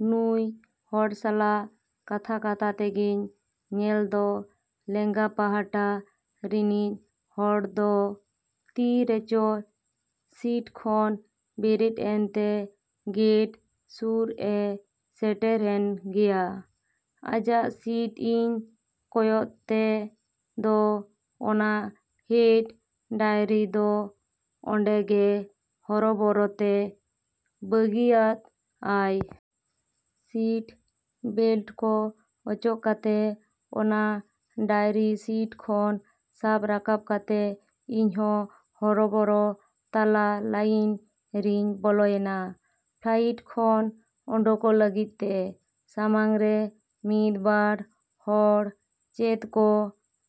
ᱱᱩᱭ ᱦᱚᱲ ᱥᱟᱞᱟᱜ ᱠᱟᱛᱷᱟ ᱠᱟᱛᱷᱟ ᱛᱮᱜᱮᱧ ᱧᱮᱞ ᱫᱚ ᱞᱮᱸᱜᱟ ᱯᱟᱦᱴᱟ ᱨᱤᱱᱤᱡ ᱦᱚᱲ ᱫᱚ ᱛᱤ ᱨᱮᱪᱚ ᱥᱤᱴ ᱠᱷᱚᱱ ᱵᱮᱨᱮᱫ ᱮᱱ ᱛᱮ ᱜᱮᱴ ᱥᱩᱨ ᱮ ᱥᱮᱴᱮᱨ ᱮᱱ ᱜᱮᱭᱟ ᱾ ᱟᱡᱟᱜ ᱥᱤᱴ ᱤᱧ ᱠᱚᱭᱚᱜ ᱛᱮ ᱫᱚ ᱚᱱᱟ ᱦᱮᱸᱰ ᱰᱟᱭᱨᱤ ᱫᱚ ᱚᱸᱰᱮ ᱜᱮ ᱦᱚᱨᱚᱵᱚᱨᱚ ᱛᱮ ᱵᱟᱹᱜᱤᱭᱟᱫ ᱟᱭ ᱾ ᱥᱤᱴ ᱵᱮᱞᱴ ᱠᱚ ᱚᱪᱚᱜ ᱠᱟᱛᱮ ᱚᱱᱟ ᱰᱟᱭᱨᱤ ᱥᱤᱴ ᱠᱷᱚᱱ ᱥᱟᱵ ᱨᱟᱠᱟᱵ ᱠᱟᱛᱮ ᱤᱧ ᱦᱚᱸ ᱦᱚᱨᱚᱵᱚᱨᱚ ᱛᱟᱞᱟ ᱞᱟᱭᱤᱱ ᱨᱤᱧ ᱵᱚᱞᱚᱭᱮᱱᱟ ᱯᱷᱞᱟᱭᱤᱴ ᱠᱷᱚᱱ ᱚᱰᱚᱠᱚᱜ ᱞᱟᱹᱜᱤᱫ ᱛᱮ ᱾ ᱥᱟᱢᱟᱝ ᱨᱮ ᱢᱤᱫ ᱵᱟᱨ ᱦᱚᱲ ᱪᱮᱫ ᱠᱚ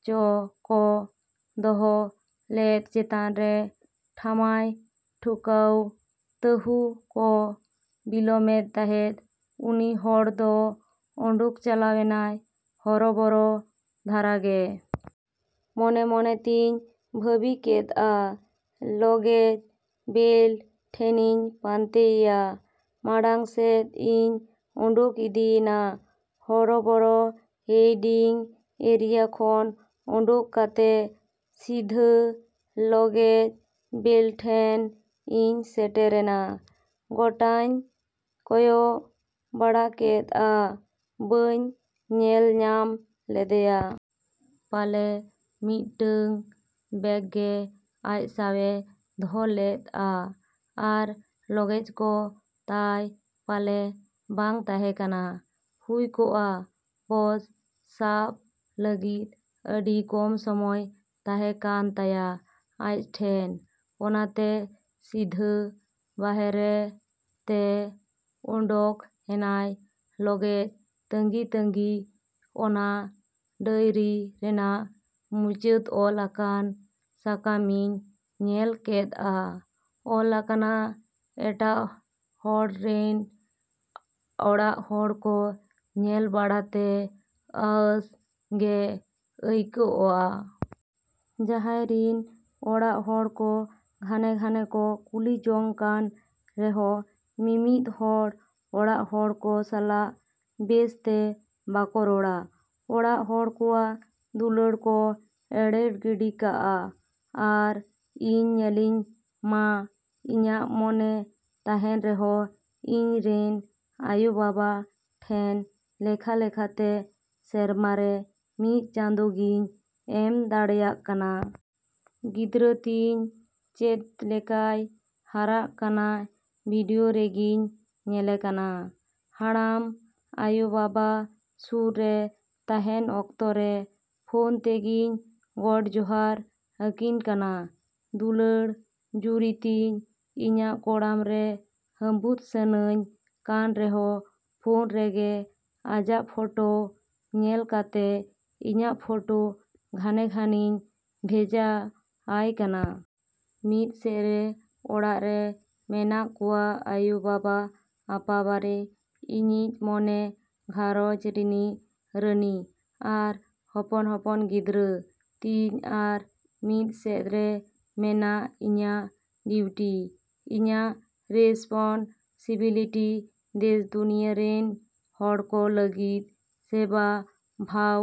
ᱪᱚ ᱠᱚ ᱫᱚᱦᱚ ᱞᱮᱫ ᱪᱮᱛᱟᱱ ᱨᱮ ᱴᱷᱟᱢᱟᱭ ᱴᱷᱩᱠᱟᱹᱭ ᱛᱟᱹᱦᱩᱸ ᱠᱚ ᱵᱤᱞᱚᱢᱮᱫ ᱛᱟᱦᱮᱸᱫ ᱩᱱᱤ ᱦᱚᱲ ᱫᱚ ᱚᱰᱚᱠ ᱪᱟᱞᱟᱣᱮᱱᱟᱭ ᱦᱚᱨᱚᱵᱚᱨᱚ ᱫᱷᱟᱨᱟ ᱜᱮ ᱾ ᱢᱚᱱᱮ ᱢᱚᱱᱮ ᱛᱤᱧ ᱵᱷᱟᱹᱵᱤ ᱠᱮᱫᱼᱟ ᱞᱚᱜᱮᱡᱽ ᱵᱮᱞᱴ ᱴᱷᱮᱱᱤᱧ ᱯᱟᱱᱛᱮ ᱮᱭᱟ ᱾ ᱢᱟᱬᱟᱝ ᱥᱮᱫ ᱤᱧ ᱚᱰᱚᱠ ᱤᱫᱤᱭᱮᱱᱟ ᱦᱚᱨᱚᱵᱚᱨᱚ ᱣᱮᱴᱤᱝ ᱮᱨᱤᱭᱟ ᱠᱷᱚᱱ ᱚᱰᱚᱠ ᱠᱟᱛᱮ ᱥᱤᱫᱷᱟᱹ ᱞᱚᱜᱮᱡᱽ ᱵᱮᱞᱴ ᱴᱷᱮᱱ ᱤᱧ ᱥᱮᱴᱮᱨᱮᱱᱟ ᱾ ᱜᱚᱴᱟᱧ ᱠᱚᱭᱚᱜ ᱵᱟᱲᱟ ᱠᱮᱫᱼᱟ ᱵᱟᱹᱧ ᱧᱮᱞ ᱧᱟᱢ ᱞᱮᱫᱮᱭᱟ ᱾ ᱯᱟᱞᱮ ᱢᱤᱫᱴᱟᱹᱝ ᱵᱮᱜ ᱜᱮ ᱟᱡ ᱥᱟᱶ ᱮ ᱫᱚᱦᱚ ᱞᱮᱫᱼᱟ ᱟᱨ ᱞᱚᱜᱮᱡᱽ ᱠᱚ ᱛᱟᱭ ᱯᱟᱞᱮ ᱵᱟᱝ ᱛᱟᱦᱮᱸ ᱠᱟᱱᱟ ᱾ ᱦᱩᱭ ᱠᱚᱜᱼᱟ ᱵᱚᱥ ᱥᱟᱵ ᱞᱟᱹᱜᱤᱫ ᱟᱹᱰᱤ ᱠᱚᱢ ᱥᱚᱢᱚᱭ ᱛᱟᱦᱮᱸ ᱠᱟᱱ ᱛᱟᱭᱟ ᱟᱡ ᱴᱷᱮᱱ᱾ ᱚᱱᱟ ᱛᱮ ᱥᱤᱫᱷᱟᱹ ᱵᱟᱦᱨᱮ ᱛᱮ ᱚᱰᱚᱠ ᱮᱱᱟᱭ ᱞᱚᱜᱮᱡᱽ ᱛᱟᱺᱜᱤ ᱛᱟᱺᱜᱤ ᱚᱱᱟ ᱰᱟᱹᱭᱨᱤ ᱨᱮᱱᱟᱜ ᱢᱩᱪᱟᱹᱫ ᱚᱞ ᱟᱠᱟᱱ ᱥᱟᱠᱟᱢᱤᱧ ᱧᱮᱞ ᱠᱮᱫᱼᱟ ᱚᱞ ᱟᱠᱟᱱᱟ ᱮᱴᱟᱜ ᱦᱚᱲ ᱨᱤᱱ ᱚᱲᱟᱜ ᱦᱚᱲ ᱠᱚ ᱧᱮᱞ ᱵᱟᱲᱟ ᱛᱮ ᱟᱸᱥ ᱜᱮ ᱟᱹᱭᱠᱟᱹᱣᱜᱼᱟ ᱾ ᱡᱟᱦᱟᱸᱭ ᱨᱤᱱ ᱚᱲᱟᱜ ᱦᱚᱲ ᱠᱚ ᱜᱷᱟᱱᱮ ᱜᱷᱟᱱᱮ ᱠᱚ ᱠᱩᱞᱤ ᱡᱚᱝ ᱠᱟᱱ ᱨᱮᱦᱚᱸ ᱢᱤᱢᱤᱫ ᱦᱚᱲ ᱚᱲᱟᱜ ᱦᱚᱲ ᱠᱚ ᱥᱟᱞᱟᱜ ᱵᱮᱥ ᱛᱮ ᱵᱟᱠᱚ ᱨᱚᱲᱟ ᱾ ᱚᱲᱟᱜ ᱦᱚᱲ ᱠᱚᱣᱟᱜ ᱫᱩᱞᱟᱹᱲ ᱠᱚ ᱮᱨᱮᱲ ᱜᱤᱰᱤ ᱠᱟᱜᱼᱟ ᱟᱨ ᱤᱧ ᱧᱮᱞᱤᱧ ᱢᱟ ᱤᱧᱟᱜ ᱢᱚᱱᱮ ᱛᱟᱦᱮᱸᱱ ᱨᱮᱦᱚᱸ ᱤᱧ ᱨᱤᱱ ᱟᱭᱳ ᱵᱟᱵᱟ ᱴᱷᱮᱱ ᱞᱮᱠᱷᱟ ᱞᱮᱠᱷᱟ ᱛᱮ ᱥᱮᱨᱢᱟ ᱨᱮ ᱢᱤᱫ ᱪᱟᱸᱫᱚ ᱜᱤᱧ ᱮᱢ ᱫᱟᱲᱮᱭᱟᱜ ᱠᱟᱱᱟ ᱾ ᱜᱤᱫᱽᱨᱟᱹ ᱛᱤᱧ ᱪᱮᱫ ᱞᱮᱠᱟᱭ ᱦᱟᱨᱟᱜ ᱠᱟᱱᱟ ᱵᱷᱤᱰᱤᱭᱳ ᱨᱮᱜᱤᱧ ᱧᱮᱞᱮ ᱠᱟᱱᱟ ᱾ ᱦᱟᱲᱟᱢ ᱟᱭᱳ ᱵᱟᱵᱟ ᱥᱩᱨ ᱨᱮ ᱛᱟᱦᱮᱸᱱ ᱚᱠᱛᱚ ᱨᱮ ᱯᱷᱳᱱ ᱛᱮᱜᱤᱧ ᱜᱳᱰ ᱡᱚᱦᱟᱨ ᱟᱹᱠᱤᱱ ᱠᱟᱱᱟ ᱾ᱫᱩᱞᱟᱹᱲ ᱡᱩᱨᱤ ᱛᱤᱧ ᱤᱧᱟᱜ ᱠᱚᱲᱟᱢ ᱨᱮ ᱦᱟᱺᱵᱩᱫ ᱥᱟᱹᱱᱟᱹᱧ ᱠᱟᱱ ᱨᱮᱦᱚᱸ ᱯᱷᱳᱱ ᱨᱮᱜᱮ ᱟᱡᱟᱜ ᱯᱷᱳᱴᱚ ᱧᱮᱞ ᱠᱟᱛᱮ ᱤᱧᱟᱜ ᱯᱷᱳᱴᱚ ᱜᱷᱟᱱᱮ ᱜᱷᱟᱱᱮᱧ ᱵᱷᱮᱡᱟ ᱟᱭ ᱠᱟᱱᱟ ᱾ ᱢᱤᱫ ᱥᱮᱫ ᱨᱮ ᱚᱲᱟᱜ ᱨᱮ ᱢᱮᱱᱟᱜ ᱠᱚᱣᱟ ᱟᱭᱳ ᱵᱟᱵᱟ ᱟᱯᱟ ᱵᱟᱨᱮ ᱤᱧᱤᱡ ᱢᱚᱱᱮ ᱜᱷᱟᱨᱚᱸᱡᱽ ᱨᱤᱱᱤᱡ ᱨᱟᱹᱱᱤ ᱟᱨ ᱦᱚᱯᱚᱱ ᱦᱚᱯᱚᱱ ᱜᱤᱫᱽᱨᱟᱹ ᱛᱤᱧ ᱟᱨ ᱢᱤᱫ ᱥᱮᱫ ᱨᱮ ᱢᱮᱱᱟᱜ ᱤᱧᱟᱜ ᱰᱮᱭᱴᱤ ᱤᱧᱟᱜ ᱨᱮᱥᱯᱚᱱᱥᱤᱵᱤᱞᱤᱴᱤ ᱫᱮᱥ ᱫᱩᱱᱤᱭᱟᱹ ᱨᱤᱱ ᱦᱚᱲ ᱠᱚ ᱞᱟᱹᱜᱤᱫ ᱥᱮᱵᱟ ᱵᱷᱟᱣ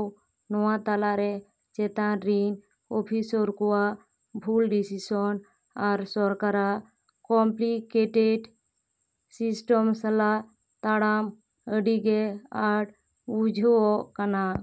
ᱱᱚᱶᱟ ᱛᱟᱞᱟ ᱨᱮ ᱪᱮᱛᱟᱱ ᱨᱤᱱ ᱚᱯᱷᱤᱥᱚᱨ ᱠᱚᱣᱟᱜ ᱵᱷᱩᱞ ᱰᱤᱥᱤᱥᱚᱱ ᱟᱨ ᱥᱚᱨᱠᱟᱨᱟᱜ ᱠᱚᱢᱯᱞᱤᱠᱮᱴᱮᱰ ᱥᱤᱥᱴᱚᱢ ᱥᱟᱞᱟᱜ ᱛᱟᱲᱟᱢ ᱟᱹᱰᱤ ᱜᱮ ᱟᱸᱴ ᱵᱩᱡᱷᱟᱹᱣᱜ ᱠᱟᱱᱟ ᱾।